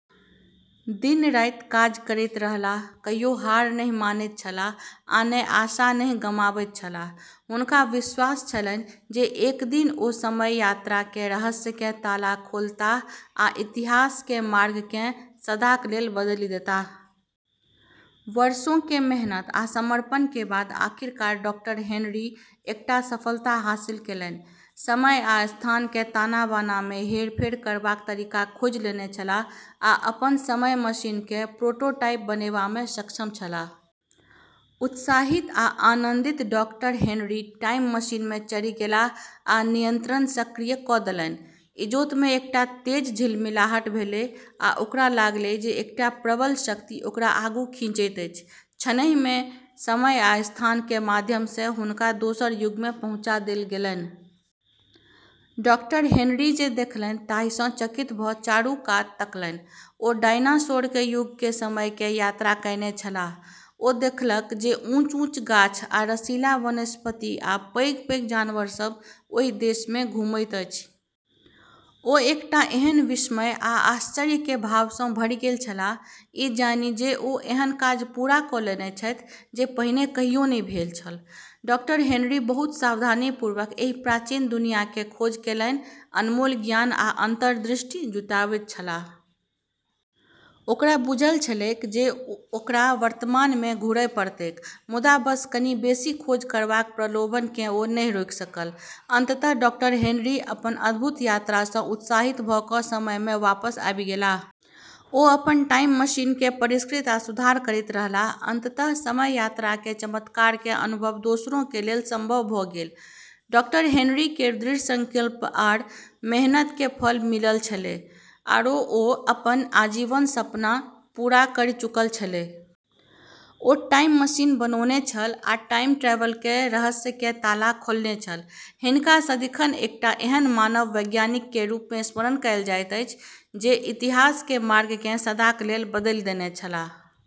दिन-राति काज करैत रहलाह, कहियो हार नहि मानैत छलाह आ ने आशा नहि गमाबैत छलाह। हुनका विश्वास छलनि जे एक दिन ओ समय यात्रा के रहस्य के ताला खोलताह आ इतिहास के मार्ग केँ सदाक लेल बदलि देताह। वर्षों के मेहनत आ समर्पण के बाद आखिरकार डॉ. हेनरी एकटा सफलता हासिल केलनि। समय आ स्थान के ताना-बाना मे हेरफेर करबाक तरीका खोजि लेने छलाह, आ अपन समय मशीन के प्रोटोटाइप बनेबा मे सक्षम छलाह। उत्साहित आ आनन्दित डॉ. हेनरी टाइम मशीन मे चढ़ि गेलाह आ नियंत्रण सक्रिय क' देलनि। इजोत के एकटा तेज झिलमिलाहट भेलै आ ओकरा लागलै जे एकटा प्रबल शक्ति ओकरा आगू खींचैत अछि। क्षणहि मे समय आ स्थान के माध्यम से हुनका दोसर युग मे पहुँचा देल गेलनि। डॉ. हेनरी जे देखलनि ताहि सँ चकित भ' चारू कात तकलनि। ओ डायनासोर के युग के समय के यात्रा कएने छलाह। ओ देखलक जे ऊँच-ऊँच गाछ आ रसीला वनस्पति आ पैघ-पैघ जानवर सब ओहि देश मे घुमैत अछि। ओ एकटा एहन विस्मय आ आश्चर्य के भाव सँ भरि गेल छलाह, ई जानि जे ओ एहन काज पूरा क' लेने छथि जे पहिने कहियो नहि भेल छल। डॉ. हेनरी बहुत सावधानीपूर्वक एहि प्राचीन दुनिया के खोज केलनि, अनमोल ज्ञान आ अंतर्दृष्टि जुटाबैत छलाह। ओकरा बुझल छलैक जे ओकरा वर्तमान मे घुरय पड़तैक, मुदा बस कनि बेसी खोज करबाक प्रलोभन केँ ओ नहि रोकि सकल। अंततः डॉ. हेनरी अपन अद्भुत यात्रा सँ उत्साहित भऽ अपन समय मे वापस आबि गेलाह। ओ अपन टाइम मशीन के परिष्कृत आ सुधार करैत रहलाह, अंततः समय यात्रा के चमत्कार के अनुभव दोसरों के लेल संभव भऽ गेल। डॉ. हेनरी केर दृढ़ संकल्प आरो मेहनत के फल मिललऽ छेलै, आरो वू अपन आजीवन सपना पूरा करी चुकलऽ छेलै। ओ टाइम मशीन बनौने छल, आ टाइम ट्रैवल के रहस्य के ताला खोलने छल। हिनका सदिखन एकटा एहन महान वैज्ञानिक के रूप मे स्मरण कयल जाइत अछि जे इतिहास के मार्ग केँ सदाक लेल बदलि देने छलाह।